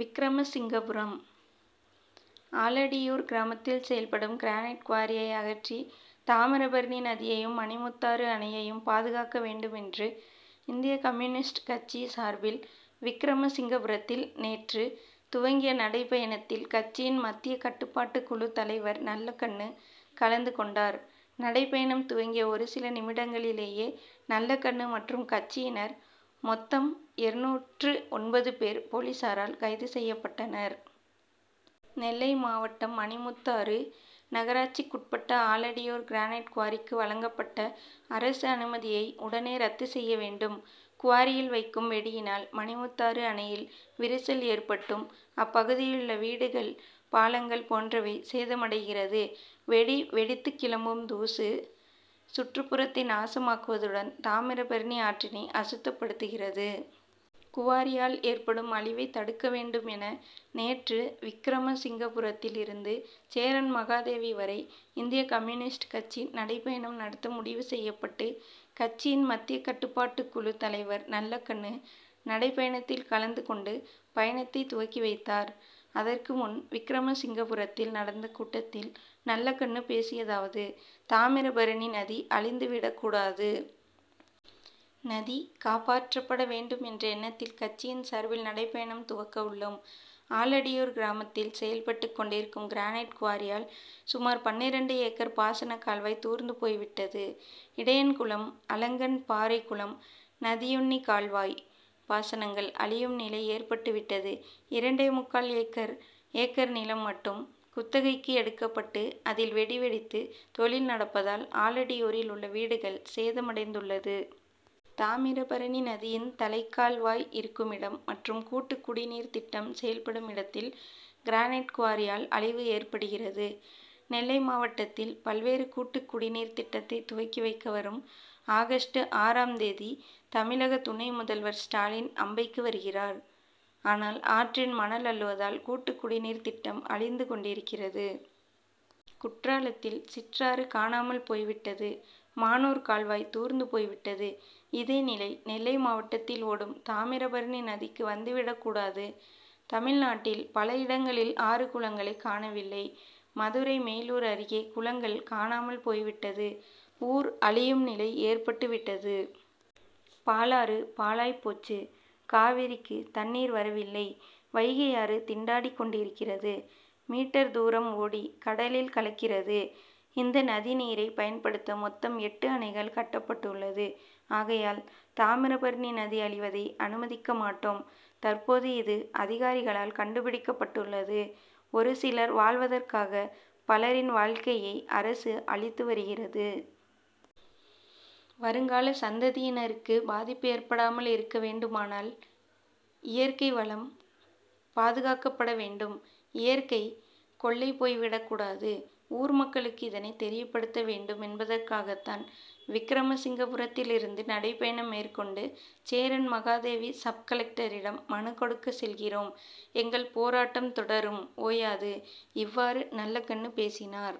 விக்கிரமசிங்கபுரம்:ஆலடியூர் கிராமத்தில் செயல்படும் கிரானைட் குவாரியை அகற்றி தாமிரபணி நதியையும், மணிமுத்தாறு அணையையும் பாதுகாக்க வேண்டுமென்று இந்திய கம்யூனிஸ்ட், கட்சி சார்பில் விக்கிரமசிங்கபுரத்தில் நேற்று துவங்கிய நடைபயணத்தில் கட்சியின் மத்திய கட்டுப்பாட்டு குழு தலைவர் நல்லகண்ணு கலந்து கொண்டார். நடைபயணம் துவங்கிய ஒரு சில நிமிடங்களிலேயே நல்லகண்ணு மற்றும் கட்சியினர் மொத்தம் இருநூற்று ஒன்பது பேர் போலீசாரால் கைது செய்யப்பட்டனர். நெல்லைமாவட்டம் மணிமுத்தாறு நகராட்சிக்குட்பட்ட ஆலடியூர் கிரானைட் குவாரிக்கு வழங்கப்பட்ட அரசு அனுமதியை உடனே ரத்து செய்ய வேண்டும். குவாரியில் வைக்கும் வெடியினால் மணிமுத்தாறு அணையில் விரிசல் ஏற்பட்டும், அப்பகுதியிலுள்ள வீடுகள், பாலங்கள் போன்றவை சேதமடைகிறது. வெடி வெடித்து கிளம்பும் தூசு சுற்றுப்புறத்தை நாசமாக்குவதுடன் தாமிரபரணி ஆற்றினை அசுத்தப்படுத்துகிறது. குவாரியால் ஏற்படும் அழிவை தடுக்க வேண்டும் என நேற்று விக்கிரமசிங்கபுரத்தில் இருந்து சேரன்மகாதேவி வரை இந்திய கம்யூனிஸ்ட் கட்சி நடைபயணம் நடத்த முடிவு செய்யப்பட்டு கட்சியின் மத்திய கட்டுப்பாட்டுக்குழு தலைவர் நல்லகண்ணு நடைபயணத்தில் கலந்து கொண்டு பயணத்தை துவக்கி வைத்தார். அதற்கு முன் விக்கிரமசிங்கபுரத்தில் நடந்த கூட்டத்தில் நல்லகண்ணு பேசியதாவது:-தாமிரபரணி நதி அழிந்து விடக்கூடாது. நதி காப்பாற்றப்பட வேண்டும் என்ற எண்ணத்தில் கட்சியின் சார்பில் நடைபயணம் துவக்க உள்ளோம். ஆலடியூர் கிராமத்தில் செயல்பட்டு கொண்டிருக்கும் கிரானைட் குவாரியால் சுமார் பன்னிரண்டு ஏக்கர் பாசன கால்வாய் தூர்ந்து போய்விட்டது. இடையன்குளம், அலங்கன்பாறைகுளம், நதியுன்னிகால்வாய் பாசனங்கள் அழியும் நிலை ஏற்பட்டு விட்டது. இரண்டே முக்கால் ஏக்கர் ஏக்கர் நிலம் மட்டும் குத்தகைக்கு எடுக்கப்பட்டு அதில் வெடி வெடித்து தொழில் நடப்பதால் ஆலடியூரில் உள்ள வீடுகள் சேதமடைந்துள்ளது. தாமிரபரபணி நதியின் தலைக்கால்வாய் இருக்குமிடம் மற்றும் கூட்டுக்குடிநீர் திட்டம் செயல்படும் இடத்தில் கிரானைட் குவாரியால் அழிவு ஏற்படுகிறது. நெல்லை மாவட்டத்தில் பல்வேறு கூட்டுக்குடிநீர் திட்டத்தை துவக்கி வைக்க வரும் ஆகஸ்ட் ஆறாம் தேதி தமிழக துணை முதல்வர் ஸ்டாலின் அம்பைக்கு வருகிறார். ஆனால் ஆற்றில் மணல் அள்ளுவதால் கூட்டுக்குடிநீர் திட்டம் அழிந்து கொண்டிருக்கிறது. குற்றாலத்தில் சிற்றாறு காணாமல் போய்விட்டது. மானூர் கால்வாய் தூர்ந்து போய்விட்டது. இதே நிலை நெல்லை மாவட்டத்தில் ஓடும் தாமிரபரணி நதிக்கு வந்துவிடக்கூடாது. தமிழ்நாட்டில் பல இடங்களில் ஆறு, குளங்களை காணவில்லை. மதுரை மேலூர் அருகே குளங்கள் காணாமல் போய்விட்டது. ஊர் அழியும் நிலை ஏற்பட்டு விட்டது. பாலாறு பாழாய் போச்சு, காவிரிக்கு தண்ணீர் வரவில்லை. வைகையாறு திண்டாடி கொண்டிருக்கிறது. மீட்டர். தூரம் ஓடி கடலில் கலக்கிறது. இந்த நதிநீரை பயன்படுத்த மொத்தம் எட்டு அணைகள் கட்டப்பட்டுள்ளது. ஆகையால் தாமிரபரணி நதி அழிவதை அனுமதிக்க மாட்டோம். தற்போது இது அதிகாரிகளால் கண்டுபிடிக்கப்பட்டுள்ளது. ஒரு சிலர் வாழ்வதற்காக பலரின் வாழ்க்கையை அரசு அழித்து வருகிறது. வருங்கால சந்ததியினருக்கு பாதிப்பு ஏற்படாமல் இருக்க வேண்டுமானால் இயற்கை வளம் பாதுகாக்கப்பட வேண்டும். இயற்கை கொள்ளை போய்விடக்கூடாது. ஊர் மக்களுக்கு இதனை தெரியப்படுத்த வேண்டும் என்பதற்காகத்தான் விக்கிரமசிங்கபுரத்திலிருந்து நடைபயணம் மேற்கொண்டு சேரன்மகாதேவி சப்-கலெக்டரிடம் மனு கொடுக்க செல்கிறோம். எங்கள் போராட்டம் தொடரும் ஓயாது. இவ்வாறு நல்லகண்ணு பேசினார்.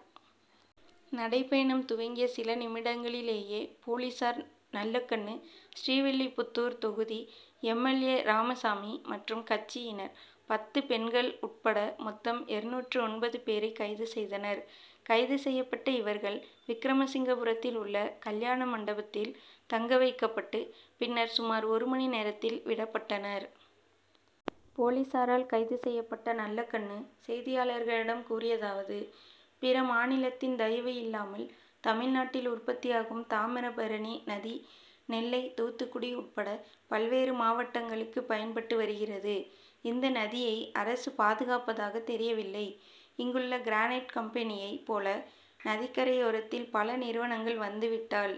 நடைபயணம் துவங்கிய சில நிமிடங்களிலேயே போலீசார் நல்லகண்ணு, ஸ்ரீவில்லிபுத்தூர் தொகுதி எம். எல். ஏ., ராமசாமி மற்றும் கட்சியினர் பத்து பெண்கள் உட்பட மொத்தம் இருநூற்று ஒன்பது பேரை கைது செய்தனர். கைது செய்யப்பட்ட இவர்கள் விக்கிரமசிங்கபுரத்தில் உள்ள கல்யாண மண்டபத்தில் தங்க வைக்கப்பட்டு பின்னர் சுமார் ஒரு மணி நேரத்தில் விடப்பட்டனர். போலீசாரால் கைது செய்யப்பட்ட நல்லகண்ணு செய்தியாளர்களிடம் கூறியதாவது:-பிற மாநிலத்தின் தயவு இல்லாமல் தமிழ்நாட்டில் உற்பத்தியாகும் தாமிரபரணி நதி நெல்லை, தூத்துக்குடி உட்பட பல்வேறு மாவட்டங்களுக்கு பயன்பட்டு வருகிறது. இந்த நதியை அரசு பாதுகாப்பதாக தெரியவில்லை. இங்குள்ள கிரானைட் கம்பெனியை போல நதிக்கரையோரத்தில் பல நிறுவனங்கள் வந்துவிட்டால்